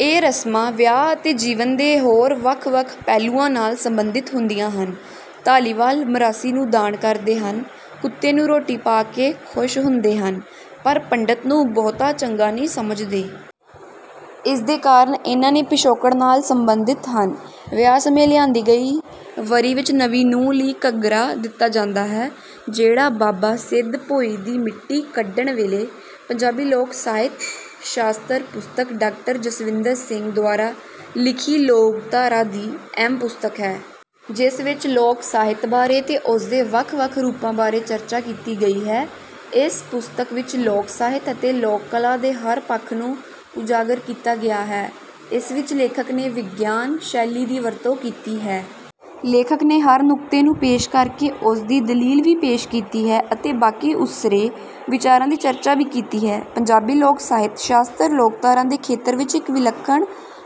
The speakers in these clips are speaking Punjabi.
ਇਹ ਰਸਮਾਂ ਵਿਆਹ ਅਤੇ ਜੀਵਨ ਦੇ ਹੋਰ ਵੱਖ ਵੱਖ ਪਹਿਲੂਆਂ ਨਾਲ ਸੰਬੰਧਿਤ ਹੁੰਦੀਆਂ ਹਨ। ਧਾਲੀਵਾਲ ਮਰਾਸੀ ਨੂੰ ਦਾਨ ਕਰਦੇ ਹਨ। ਕੁੱਤੇ ਨੂੰ ਰੋਟੀ ਪਾ ਕੇ ਖੁਸ਼ ਹੁੰਦੇ ਹਨ ਪਰ ਪੰਡਤ ਨੂੰ ਬਹੁਤਾ ਚੰਗਾ ਨਹੀਂ ਸਮਝਦੇ। ਇਸ ਦੇ ਕਾਰਨ ਇਹਨਾਂ ਦੇ ਪਿਛੋਕੜ ਨਾਲ ਸੰਬੰਧਿਤ ਹਨ। ਵਿਆਹ ਸਮੇਂ ਲਿਆਂਦੀ ਗਈ ਵਰੀ ਵਿੱਚ ਨਵੀਂ ਨੂੰਹ ਲਈ ਘੱਗਰਾ ਦਿੱਤਾ ਜਾਂਦਾ ਹੈ ਜਿਹੜਾ ਬਾਬਾ ਸਿੱਧ ਭੋਇੰ ਦੀ ਮਿੱਟੀ ਕੱਢਣ ਵੇਲੇ। ਪੰਜਾਬੀ ਲੋਕ ਸਾਹਿਤ ਸ਼ਾਸਤਰ ਪੁਸਤਕ ਡਾਕਟਰ ਜਸਵਿੰਦਰ ਸਿੰਘ ਦੁਆਰਾ ਲਿਖੀ ਲੋਕਧਾਰਾ ਦੀ ਅਹਿਮ ਪੁਸਤਕ ਹੈ। ਜਿਸ ਵਿੱਚ ਲੋਕ ਸਾਹਿਤ ਬਾਰੇ ਤੇ ਉਸਦੇ ਵੱਖ ਵੱਖ ਰੂਪਾਂ ਬਾਰੇ ਚਰਚਾ ਕੀਤੀ ਗਈ ਹੈ। ਇਸ ਪੁਸਤਕ ਵਿੱਚ ਲੋਕ ਸਾਹਿਤ ਅਤੇ ਲੋਕ ਕਲਾ ਦੇ ਹਰ ਪੱਖ ਨੂੰ ਉਜਾਗਰ ਕੀਤਾ ਗਿਆ ਹੈ। ਇਸ ਵਿੱਚ ਲੇਖਕ ਨੇ ਵਿਗਿਆਨਕ ਸ਼ੈਲੀ ਦੀ ਵਰਤੋਂ ਕੀਤੀ ਹੈ। ਲੇਖਕ ਨੇ ਹਰ ਨੁਕਤੇ ਨੂੰ ਪੇਸ਼ ਕਰਕੇ ਉਸਦੀ ਦਲੀਲ ਵੀ ਪੇਸ਼ ਕੀਤੀ ਹੈ ਅਤੇ ਬਾਕੀ ਉਸਰੇ ਵਿਚਾਰਾਂ ਦੀ ਚਰਚਾ ਵੀ ਕੀਤੀ ਹੈ। ਪੰਜਾਬੀ ਲੋਕ ਸਾਹਿਤ ਸ਼ਾਸਤਰ ਲੋਕਧਾਰਾ ਦੇ ਖੇਤਰ ਵਿੱਚ ਇੱਕ ਵਿਲੱਖਣ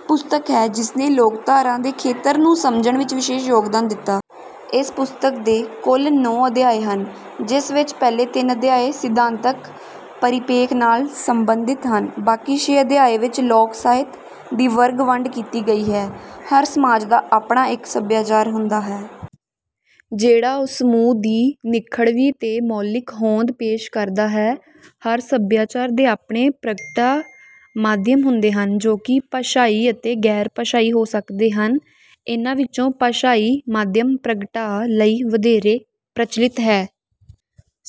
ਪੁਸਤਕ ਹੈ ਜਿਸਨੇ ਲੋਕਧਾਰਾ ਦੇ ਖੇਤਰ ਨੂੰ ਸਮਝਣ ਵਿੱਚ ਵਿਸ਼ੇਸ਼ ਯੋਗਦਾਨ ਦਿੱਤਾ। ਇਸ ਪੁਸਤਕ ਦੇ ਕੁੱਲ ਨੌਂ ਅਧਿਆਏ ਹਨ। ਜਿਸ ਵਿੱਚ ਪਹਿਲੇ ਤਿੰਨ ਅਧਿਆਏ ਸਿਧਾਂਤਕ ਪਰਿਪੇਖ ਨਾਲ ਸੰਬੰਧਿਤ ਹਨ ਬਾਕੀ ਛੇ ਅਧਿਆਏ ਵਿੱਚ ਲੋਕ ਸਾਹਿਤ ਦੀ ਵਰਗ ਵੰਡ ਕੀਤੀ ਗਈ ਹੈ। ਹਰ ਸਮਾਜ ਦਾ ਆਪਣਾ ਇੱਕ ਸਭਿਆਚਾਰ ਹੁੰਦਾ ਹੈ। ਜਿਹੜਾ ਉਸ ਸਮੂਹ ਦੀ ਨਿਖੜਵੀ ਤੇ ਮੌਲਿਕ ਹੋਂਦ ਪੇਸ਼ ਕਰਦਾ ਹੈ। ਹਰ ਸਭਿਆਚਾਰ ਦੇ ਆਪਣੇ ਪ੍ਰਗਟਾ ਮਾਧਿਅਮ ਹੁੰਦੇ ਹਨ। ਜੋ ਕਿ ਭਾਸ਼ਾਈ ਅਤੇ ਗੈਰ ਭਾਸ਼ਾਈ ਹੋ ਸਕਦੇ ਹਨ। ਇਹਨਾਂ ਵਿਚੋਂ ਭਾਸ਼ਾਈ ਮਾਧਿਅਮ ਪ੍ਰਗਟਾਅ ਲਈ ਵਧੇਰੇ ਪ੍ਰਚਲਿਤ ਹੈ।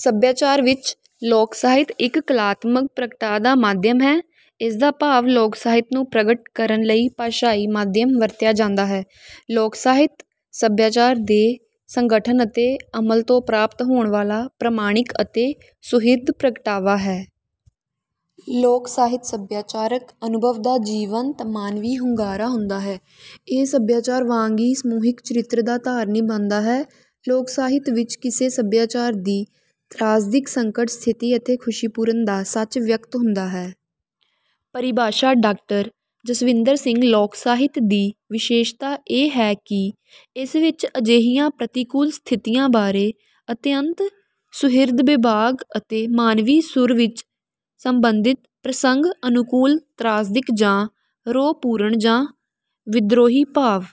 ਸਭਿਆਚਾਰ ਵਿੱਚ ਲੋਕ ਸਾਹਿਤ ਇੱਕ ਕਲਾਤਮਕ ਪ੍ਰਗਟਾਅ ਦਾ ਮਾਧਿਅਮ ਹੈ। ਇਸ ਦਾ ਭਾਵ ਲੋਕ ਸਾਹਿਤ ਨੂੰ ਪ੍ਰਗਟ ਕਰਨ ਲਈ ਭਾਸ਼ਾਈ ਮਾਧਿਅਮ ਵਰਤਿਆ ਜਾਂਦਾ ਹੈ। ਲੋਕ ਸਾਹਿਤ ਸਭਿਆਚਾਰ ਦੇ ਸੰਗਠਨ ਅਤੇ ਅਮਲ ਤੋਂ ਪ੍ਰਾਪਤ ਹੋਣ ਵਾਲਾ ਪ੍ਰਮਾਣਿਕ ਅਤੇ ਸੁਹਿਰਦ ਪ੍ਰਗਟਾਵਾ ਹੈ। ਲੋਕ ਸਾਹਿਤ ਸਭਿਆਚਾਰਕ ਅਨੁਭਵ ਦਾ ਜੀਵੰਤ ਮਾਨਵੀ ਹੁੰਗਾਰਾ ਹੁੰਦਾ ਹੈ ਇਹ ਸਭਿਆਚਾਰ ਵਾਂਗ ਹੀ ਸਮੂਹਿਕ ਚਰਿਤਰ ਦਾ ਧਾਰਨੀ ਬਣਦਾ ਹੈ। ਲੋਕ ਸਾਹਿਤ ਵਿੱਚ ਕਿਸੇ ਸਭਿਆਚਾਰ ਦੀ ਤ੍ਰਾਸਦਿਕ ਸੰਕਟ ਸਥਿਤੀ ਅਤੇ ਖੁਸ਼ੀਪੂਰਨ ਦਾ ਸੱਚ ਵਿਅਕਤ ਹੁੰਦਾ ਹੈ। ਪਰਿਭਾਸ਼ਾ ਡਾਕਟਰ ਜਸਵਿੰਦਰ ਸਿੰਘ ਲੋਕ ਸਾਹਿਤ ਦੀ ਵਿਸ਼ੇਸ਼ਤਾ ਇਹ ਹੈ ਕਿ ਇਸ ਵਿੱਚ ਅਜਿਹੀਆਂ ਪ੍ਰਤਿਕੂਲ ਸਥਿਤੀਆਂ ਬਾਰੇ ਅਤਿਅੰਤ ਸੁਹਿਰਦ ਬੇਬਾਕ ਅਤੇ ਮਾਨਵੀ ਸੁਰ ਵਿੱਚ ਸੰਬੰਧਿਤ ਪ੍ਰਸੰਗ ਅਨੁਕੂਲ ਤ੍ਰਾਸਦਿਕ ਜਾਂ ਰੋਹ ਪੂਰਨ ਜਾਂ ਵਿਦ੍ਰੋਹੀ ਭਾਵ